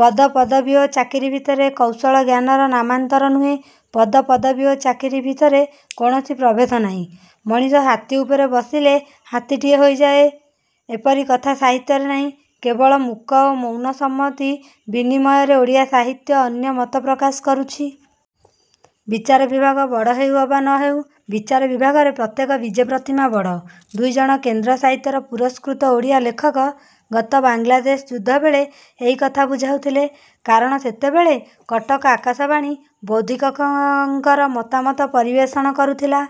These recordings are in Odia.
ପଦ ପଦବୀ ଓ ଚାକିରି ଭିତରେ କୌଶଳ ଜ୍ଞାନର ନାମାନ୍ତର ନୁହେଁ। ପଦ ପଦବୀ ଓ ଚାକିରି ଭିତରେ କୌଣସି ପ୍ରଭେଦ ନାହିଁ। ମଣିଷ ହାତୀ ଉପରେ ବସିଲେ ହାତୀଟିଏ ହେଇଯାଏ ଏପରି କଥା ସାହିତ୍ୟରେ ନାହିଁ। କେବଳ ମୂକ ଓ ମୌନ ସମ୍ମତି ବିନିମୟରେ ଓଡ଼ିଆ ସାହିତ୍ୟ ଅନ୍ୟ ମତ ପ୍ରକାଶ କରୁଛି। ବିଚାର ବିଭାଗ ବଡ଼ ହେଉ ଅବା ନ ହେଉ ବିଚାର ବିଭାଗରେ ପ୍ରତ୍ୟେକ ବିଜେ ପ୍ରତିମା ବଡ଼। ଦୁଇଜଣ କେନ୍ଦ୍ର ସାହିତ୍ୟର ପୁରସ୍କୃତ ଓଡ଼ିଆ ଲେଖକ ଗତ ବାଙ୍ଗଲାଦେଶ ଯୁଦ୍ଧବେଳେ ଏହି କଥା ବୁଝାଉଥିଲେ। କାରଣ ସେତେବେଳେ କଟକ ଆକାଶବାଣୀ ବୌଦ୍ଧିକଙ୍କର ମତାମତ ପରିବେଷଣ କରୁଥିଲା।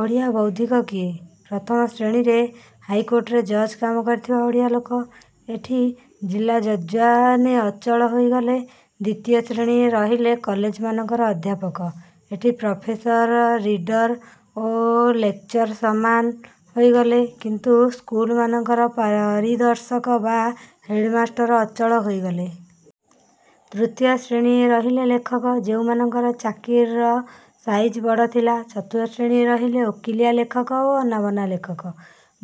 ଓଡ଼ିଆ ବୌଦ୍ଧିକ କିଏ? ପ୍ରଥମ ଶ୍ରେଣୀରେ ହାଇକୋଟର ଜଜ୍ କାମ କରିଥିବା ଓଡ଼ିଆ ଲୋକ। ଏଠି ଜିଲା ଜଜ୍ମାନେ ଅଚଳ ହେଇଗଲେ। ଦ୍ୱିତୀୟ ଶ୍ରେଣୀରେ ରହିଲେ କଲେଜମାନଙ୍କର ଅଧ୍ୟାପକ। ଏଠି ପ୍ରଫେସର, ରିଡ଼ର ଓ ଲେକଚରର ସମାନ ହେଇଗଲେ। କିନ୍ତୁ ସ୍କୁଲମାନଙ୍କର ପରିଦର୍ଶକ ବା ହେଡ଼ମାଷ୍ଟର ଅଚଳ ହେଇଗଲେ। ତୃତୀୟ ଶ୍ରେଣୀରେ ରହିଲେ ଲେଖକ–ଯେଉଁମାନଙ୍କର ଚାକିରିର ସାଇଜ ବଡ଼ ଥିଲା। ଚତୁର୍ଥ ଶ୍ରେଣୀରେ ରହିଲେ ଓକିଲିଆ ଲେଖକ ଓ ଅନାବନା ଲେଖକ।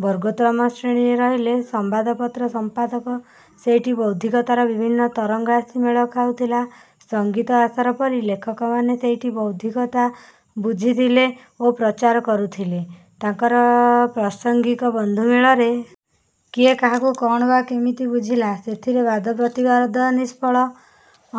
ବର୍ଗୋତ୍ତମ ଶ୍ରେଣୀରେ ରହିଲେ ସଂବାଦପତ୍ର ସଂପାଦକ। ସେଇଠି ବୌଦ୍ଧିକତାର ବିଭିନ୍ନ ତରଙ୍ଗ ଆସି ମେଳ ଖାଉଥିଲା–ସଙ୍ଗୀତ ଆସର ପରି। ଲେଖକମାନେ ସେଇଠି ବୌଦ୍ଧିକତା ବୁଝିଥିଲେ ଓ ପ୍ରଚାର କରୁଥିଲେ ତାଙ୍କର ପ୍ରାସଙ୍ଗିକ ବନ୍ଧୁମେଳରେ। କିଏ କାହାକୁ କ'ଣ ବା କେମିତି ବୁଝିଲା–ସେଥିରେ ବାଦ ପ୍ରତିବାଦ ନିଷ୍ଫଳ।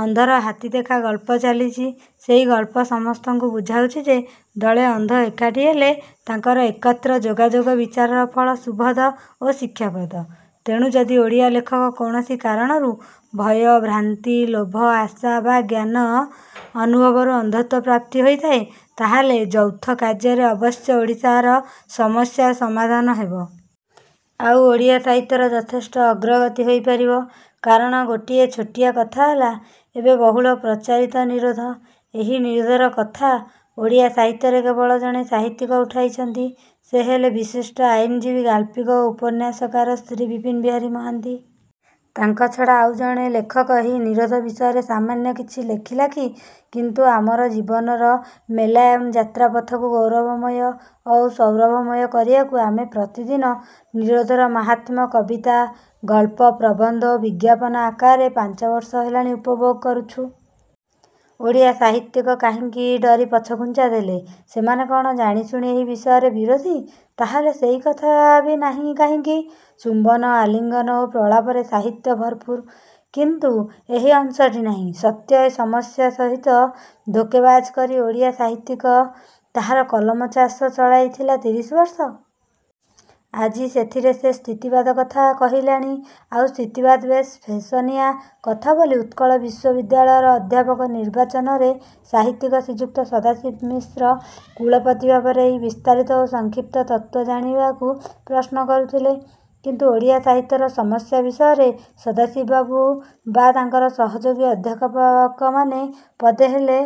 ଅନ୍ଧର ହାତୀ ଦେଖା ଗଳ୍ପ ଚାଲିଛି। ସେଇ ଗଳ୍ପ ସମସ୍ତଙ୍କୁ ବୁଝାଉଛି ଯେ ଦଳେ ଅନ୍ଧ ଏକାଠି ହେଲେ ତାଙ୍କର ଏକତ୍ର ଯୋଗାଯୋଗ ବିଚାରର ଫଳ ଶୁଭଦ ଓ ଶିକ୍ଷାପ୍ରଦ। ତେଣୁ ଯଦି ଓଡ଼ିଆ ଲେଖକ କୌଣସି କାରଣରୁ–ଭୟ, ଭ୍ରାନ୍ତି, ଲୋଭ, ଆଶା ବା ଜ୍ଞାନ ଅନୁଭବରୁ ଅନ୍ଧତ୍ୱ ପ୍ରାପ୍ତି ହୋଇଥାଏ ତାହାହେଲେ ଯୌଥ କାର୍ଯ୍ୟରେ ଅବଶ୍ୟ ଓଡ଼ିଶାର ସମସ୍ୟା ସମାଧାନ ହେବ। ଆଉ ଓଡ଼ିଆ ସାହିତ୍ୟର ଯଥେଷ୍ଟ ଅଗ୍ରଗତି ହେଇପାରିବ। କାରଣ ଗୋଟିଏ ଛୋଟିଆ କଥା ହେଲା–ଏବେ ବହୁଳ ପ୍ରଚାରିତ ନିରୋଧ। ଏହି ନିରୋଧ କଥା ଓଡ଼ିଆ ସାହିତ୍ୟରେ କେବଳ ଜଣେ ସାହିତ୍ୟିକ ଉଠାଇଛନ୍ତି–ସେ ହେଲେ ବିଶିଷ୍ଟ ଆଇନଜୀବୀ ଗାଳ୍ପିକ ଓ ଉପନ୍ୟାସକାର ଶ୍ରୀ ବିପିନ ବିହାରୀ ମହାନ୍ତି। ତାଙ୍କ ଛଡ଼ା ଆଉ ଜଣେ ଲେଖକ ଏହି ନିରୋଧ ବିଷୟରେ ସାମାନ୍ୟ କିଛି ଲେଖିଲା କି? କିନ୍ତୁ ଆମର ଜୀବନର ମୋଲାଏମ୍ ଯାତ୍ରାପଥକୁ ଗୌରବମୟ ଓ ସୌରଭମୟ କରିବାକୁ ଆମେ ପ୍ରତିଦିନ ନିରୋଧର ମାହାତ୍ମ୍ୟ କବିତା, ଗଳ୍ପ, ପ୍ରବନ୍ଧ ଓ ବିଜ୍ଞାପନ ଆକାରରେ ପାଞ୍ଚବର୍ଷ ହେଲାଣି ଉପଭୋଗ କରୁଛୁ। ଓଡ଼ିଆ ସାହିତ୍ୟିକ କାହିଁକି ଡରି ପଛଘୁଞ୍ଚା ଦେଲେ? ସେମାନେ କ'ଣ ଜାଣିଶୁଣି ଏହି ବିଷୟର ବିରୋଧୀ। ତାହାହେଲେ ସେଇକଥା ବି ନାହିଁ କାହିଁକି? ଚୁମ୍ବନ, ଆଲିଙ୍ଗନ ଓ ପ୍ରଳାପରେ ସାହିତ୍ୟ ଭରପୁର। କିନ୍ତୁ ଏହି ଅଂଶଟି ନାହିଁ। ସତ୍ୟ ଓ ସମସ୍ୟା ସହିତ ଧୋକାବାଜି କରି ଓଡ଼ିଆ ସାହିତ୍ୟିକ ତାହାର କଲମ ଚାଷ ଚଳାଇଥିଲା ତିରିଶିବର୍ଷ। ଆଜି ସେଥିରେ ସେ ସ୍ଥିତିବାଦ କଥା କହିଲାଣି। ଆଉ ସ୍ଥିତିବାଦ ବେଶ୍ ଫେସନିଆ କଥାବୋଲି ଉତ୍କଳ ବିଶ୍ୱବିଦ୍ୟାଳୟର ଅଧ୍ୟାପକ ନିର୍ବାଚନରେ ସାହିତ୍ୟିକ ଶ୍ରୀଯୁକ୍ତ ସଦାଶିବ ମିଶ୍ର କୁଳପତି ଭାବରେ ଏହାର ବିସ୍ତାରିତ ଓ ସଂକ୍ଷିପ୍ତ ତତ୍ତ୍ୱ ଜାଣିବାକୁ ପ୍ରଶ୍ନ ପଚାରୁଥିଲେ-। କିନ୍ତୁ ଓଡ଼ିଆ ସାହିତ୍ୟର ସମସ୍ୟା ବିଷୟରେ ସଦାଶିବବାବୁ ବା ତାଙ୍କାର ସହଯୋଗୀ ଅଧ୍ୟାପକମାନେ ପଦେ ହେଲେ